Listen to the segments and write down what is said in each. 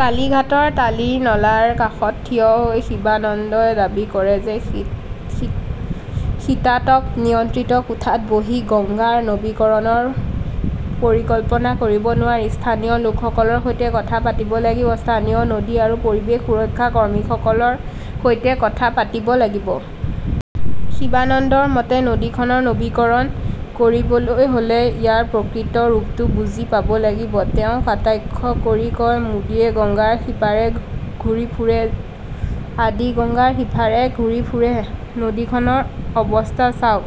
কালিঘাটত টালিৰ নালাৰ কাষত থিয় হৈ শিৱানন্দই দাবী কৰে যে শীতাতপ নিয়ন্ত্ৰিত কোঠাত বহি গংগাৰ নৱীকৰণৰ পৰিকল্পনা কৰিব নোৱাৰি। স্থানীয় লোকসকলৰ সৈতে কথা পাতিব লাগিব, স্থানীয় নদী আৰু পৰিৱেশ সুৰক্ষা কৰ্মীসকলৰ সৈতে কথা পাতিব লাগিব। শিৱানন্দৰ মতে, নদীখনৰ নৱীকৰণ কৰিবলৈ হ'লে ইয়াৰ প্ৰকৃত ৰূপটো বুজি পাব লাগিব। তেওঁ কটাক্ষ কৰি কয়, "মোদীয়ে গংগাৰ সিপাৰে ঘূৰি ফুৰে, আদি গংগাৰ সিপাৰে ঘূৰি ফুৰে, নদীখনৰ অৱস্থা চাওক।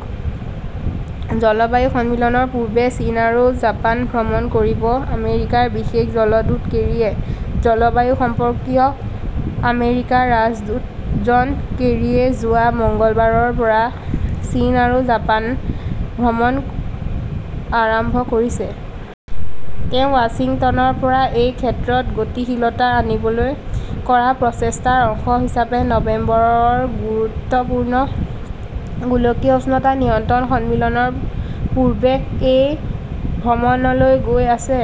"। জলবায়ু সন্মিলনৰ পূৰ্বে চীন আৰু জাপান ভ্ৰমণ কৰিব আমেৰিকাৰ বিশেষ ৰাষ্ট্ৰদূত কেৰীয়ে জলবায়ু সম্পৰ্কীয় আমেৰিকাৰ ৰাষ্ট্ৰদূত জন কেৰীয়ে যোৱা মঙলবাৰৰ পৰা চীন আৰু জাপান ভ্ৰমণ আৰম্ভ কৰিছে। তেওঁ ৱাশ্বিংটনৰ পৰা এই ক্ষেত্ৰত গতিশীলতা আনিবলৈ কৰা প্ৰচেষ্টাৰ অংশ হিচাপে নৱেম্বৰৰ গুৰুত্বপূৰ্ণ গোলকীয় উষ্ণতা নিয়ন্ত্ৰণ সন্মিলনৰ পূৰ্বে এই ভ্ৰমণলৈ গৈ আছে।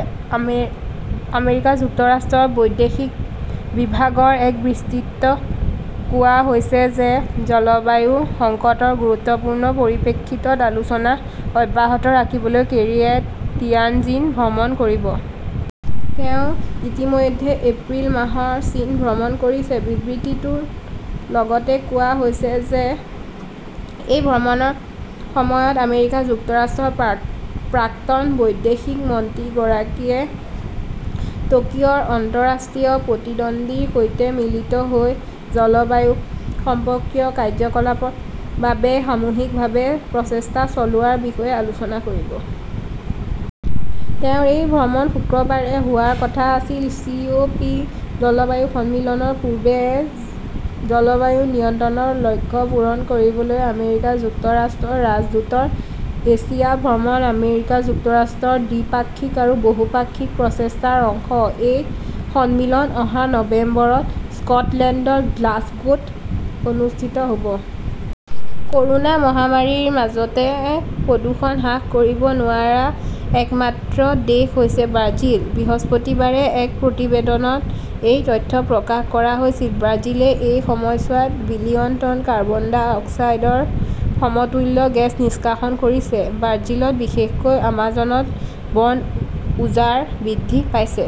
আমেৰিকা যুক্তৰাষ্ট্ৰৰ বৈদেশিক বিভাগৰ এক বিবৃতিত কোৱা হৈছে যে জলবায়ু সংকটৰ গুৰুত্বপূৰ্ণ পৰিপ্ৰেক্ষিতত আলোচনা অব্যাহত ৰাখিবলৈ কেৰীয়ে তিয়ানজিন ভ্ৰমণ কৰিব। তেওঁ ইতিমধ্যে এপ্ৰিল মাহত চীন ভ্ৰমণ কৰিছে। বিবৃতিটোত লগতে কোৱা হৈছে যে এই ভ্ৰমণৰ সময়ত আমেৰিকা যুক্তৰাষ্ট্ৰৰ প্ৰাক্তন বৈদেশিক মন্ত্ৰীগৰাকীয়ে টকিঅ 'ত আন্তঃৰাষ্ট্ৰীয় প্ৰতিদ্বন্দ্বীৰ সৈতে মিলিত হৈ জলবায়ু সম্পৰ্কীয় কাৰ্যকলাপৰ বাবে সামূহিকভাৱে প্ৰচেষ্টা চলোৱাৰ বিষয়ে আলোচনা কৰিব। তেওঁৰ এই ভ্ৰমণ শুক্ৰবাৰে শেষ হোৱাৰ কথা। চি. ও. পি. জলবায়ু সন্মিলনৰ পূৰ্বে জলবায়ু নিয়ন্ত্ৰণৰ লক্ষ্য পূৰণ কৰিবলৈ আমেৰিকা যুক্তৰাষ্ট্ৰৰ ৰাষ্ট্ৰদূতৰ এছিয়া ভ্ৰমণ আমেৰিকা যুক্তৰাষ্ট্ৰৰ দ্বিপাক্ষিক আৰু বহুপাক্ষিক প্ৰচেষ্টাৰ অংশ। এই সন্মিলন অহা নৱেম্বৰত স্কটলেণ্ডৰ গ্লাছগোত অনুষ্ঠিত হ'ব। ক'ৰোনা মহামাৰীৰ মাজতে প্ৰদূষণ হ্ৰাস কৰিব নোৱাৰা একমাত্ৰ দেশ হৈছে ব্ৰাজিল। বৃহস্পতিবাৰে এক প্ৰতিবেদনত এই তথ্য প্ৰকাশ কৰা হৈছিল। ব্ৰাজিলে এই সময়ছোৱাত বিলিয়ন টন কাৰ্বন ডাই অক্সাইডৰ সমতুল্য গেছ নিষ্কাশন কৰিছে। ব্ৰাজিলত বিশেষকৈ আমাজনত বন উজাৰ বৃদ্ধি পাইছে।